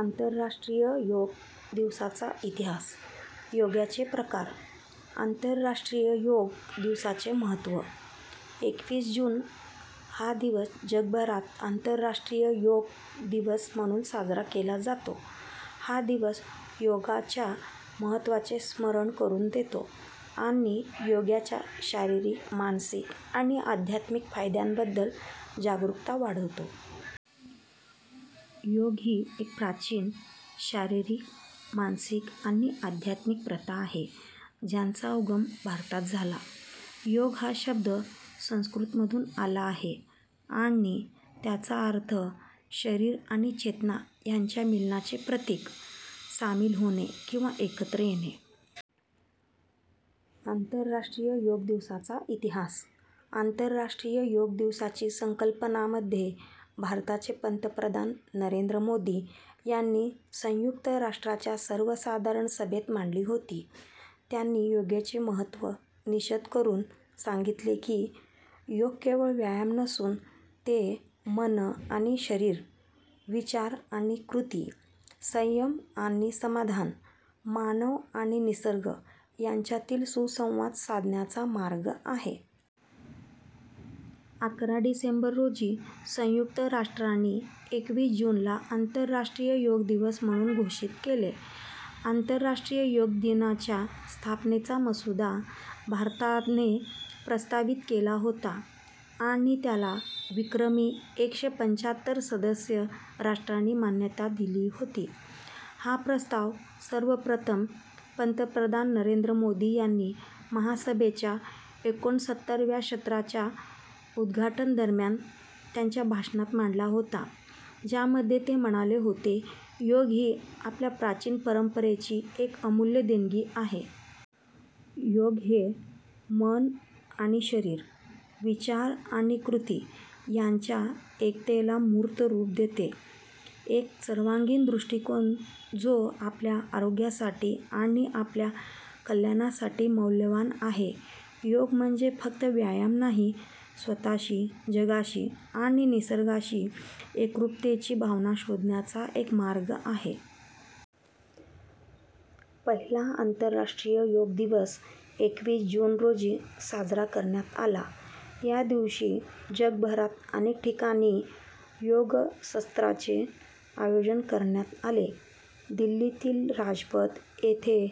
आंतरराष्ट्रीय योग दिवसाचा इतिहास, योगाचे प्रकार, आंतरराष्ट्रीय योग दिवसाचे महत्त्व. एकवीस जून हा दिवस जगभरात आंतरराष्ट्रीय योग दिवस म्हणून साजरा केला जातो. हा दिवस योगाच्या महत्त्वाचे स्मरण करून देतो आणि योगाच्या शारीरिक, मानसिक आणि आध्यात्मिक फायद्यांबद्दल जागरूकता वाढवतो. योग ही एक प्राचीन शारीरिक, मानसिक आणि आध्यात्मिक प्रथा आहे, ज्याचा उगम भारतात झाला. योग हा शब्द संस्कृतमधून आला आहे आणि त्याचा अर्थ शरीर आणि चेतना यांच्या मिलनाचे प्रतीक, सामील होणे किंवा एकत्र येणे. आंतरराष्ट्रीय योग दिवसाचा इतिहास. आंतरराष्ट्रीय योग दिवसाची संकल्पना मध्ये भारताचे पंतप्रधान नरेंद्र मोदी यांनी संयुक्त राष्ट्रांच्या सर्वसाधारण सभेत मांडली होती. त्यांनी योगाचे महत्त्व विशद करून सांगितले की, योग केवळ व्यायाम नसून, ते मन आणि शरीर, विचार आणि कृती, संयम आणि समाधान, मानव आणि निसर्ग यांच्यातील सुसंवाद साधण्याचा मार्ग आहे. अकरा डिसेंबर रोजी संयुक्त राष्ट्रांनी एकवीस जूनला आंतरराष्ट्रीय योग दिवस म्हणून घोषित केले. आंतरराष्ट्रीय योग दिनाच्या स्थापनेचा मसुदा भारताने प्रस्तावित केला होता आणि त्याला विक्रमी एकशे पंच्याहत्तर सदस्य राष्ट्रांनी मान्यता दिली होती. हा प्रस्ताव सर्वप्रथम पंतप्रधान नरेंद्र मोदी यांनी महासभेच्या एकोणसत्तराव्या सत्राच्या उद्घाटनादरम्यान त्यांच्या भाषणात मांडला होता, ज्यामध्ये ते म्हणाले होते, योग ही आपल्या प्राचीन परंपरेची एक अमूल्य देणगी आहे. योग हे मन आणि शरीर, विचार आणि कृती यांच्या एकतेला मूर्त रूप देते, एक सर्वांगीण दृष्टीकोन जो आपल्या आरोग्यासाठी आणि आपल्या कल्याणासाठी मौल्यवान आहे. योग म्हणजे फक्त व्यायाम नाही, स्वतःशी, जगाशी आणि निसर्गाशी एकरूपतेची भावना शोधण्याचा हा एक मार्ग आहे. पहिला आंतरराष्ट्रीय योग दिवस एकवीस जून रोजी साजरा करण्यात आला. या दिवशी जगभरात अनेक ठिकाणी योग सत्रांचे आयोजन करण्यात आले. दिल्लीतील राजपथ येथे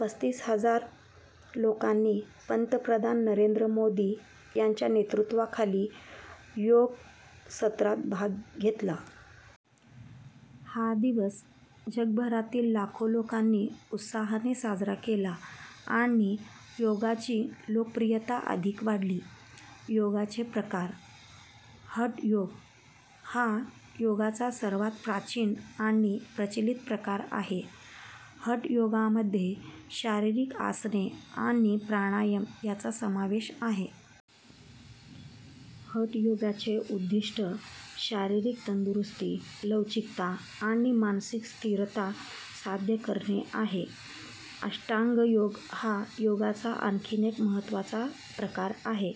पस्तीस हजार लोकांनी पंतप्रधान नरेंद्र मोदी यांच्या नेतृत्वाखाली योग सत्रात भाग घेतला. हा दिवस जगभरातील लाखो लोकांनी उत्साहाने साजरा केला आणि योगाची लोकप्रियता अधिक वाढली. योगाचे प्रकार. हठ योग हा योगाचा सर्वात प्राचीन आणि प्रचलित प्रकार आहे. हठ योगामध्ये शारीरिक आसने आणि प्राणायाम यांचा समावेश आहे. हठ योगाचे उद्दिष्ट शारीरिक तंदुरुस्ती, लवचिकता आणि मानसिक स्थिरता साध्य करणे आहे. अष्टांग योग हा योगाचा आणखी एक महत्त्वाचा प्रकार आहे.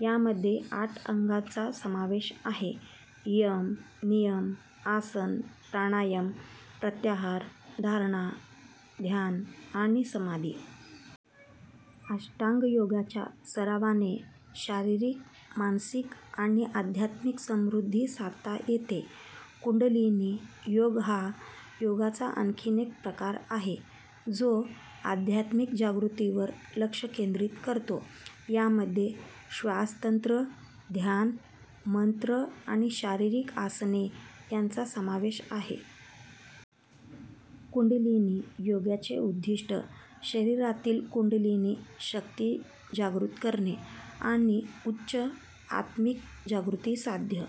यामध्ये आठ अंगांचा समावेश आहे, यम, नियम, आसन, प्राणायाम, प्रत्याहार, धारणा, ध्यान आणि समाधी. अष्टांग योगाच्या सरावाने शारीरिक, मानसिक आणि आध्यात्मिक समृद्धी साधता येते. कुंडलिनी योग हा योगाचा आणखी एक प्रकार आहे, जो आध्यात्मिक जागृतीवर लक्ष केंद्रित करतो. यामध्ये श्वास तंत्र, ध्यान, मंत्र आणि शारीरिक आसने यांचा समावेश आहे. कुंडलिनी योगाचे उद्दिष्ट शरीरातील कुंडलिनी शक्ती जागृत करणे आणि उच्च आत्मिक जागृती साध्य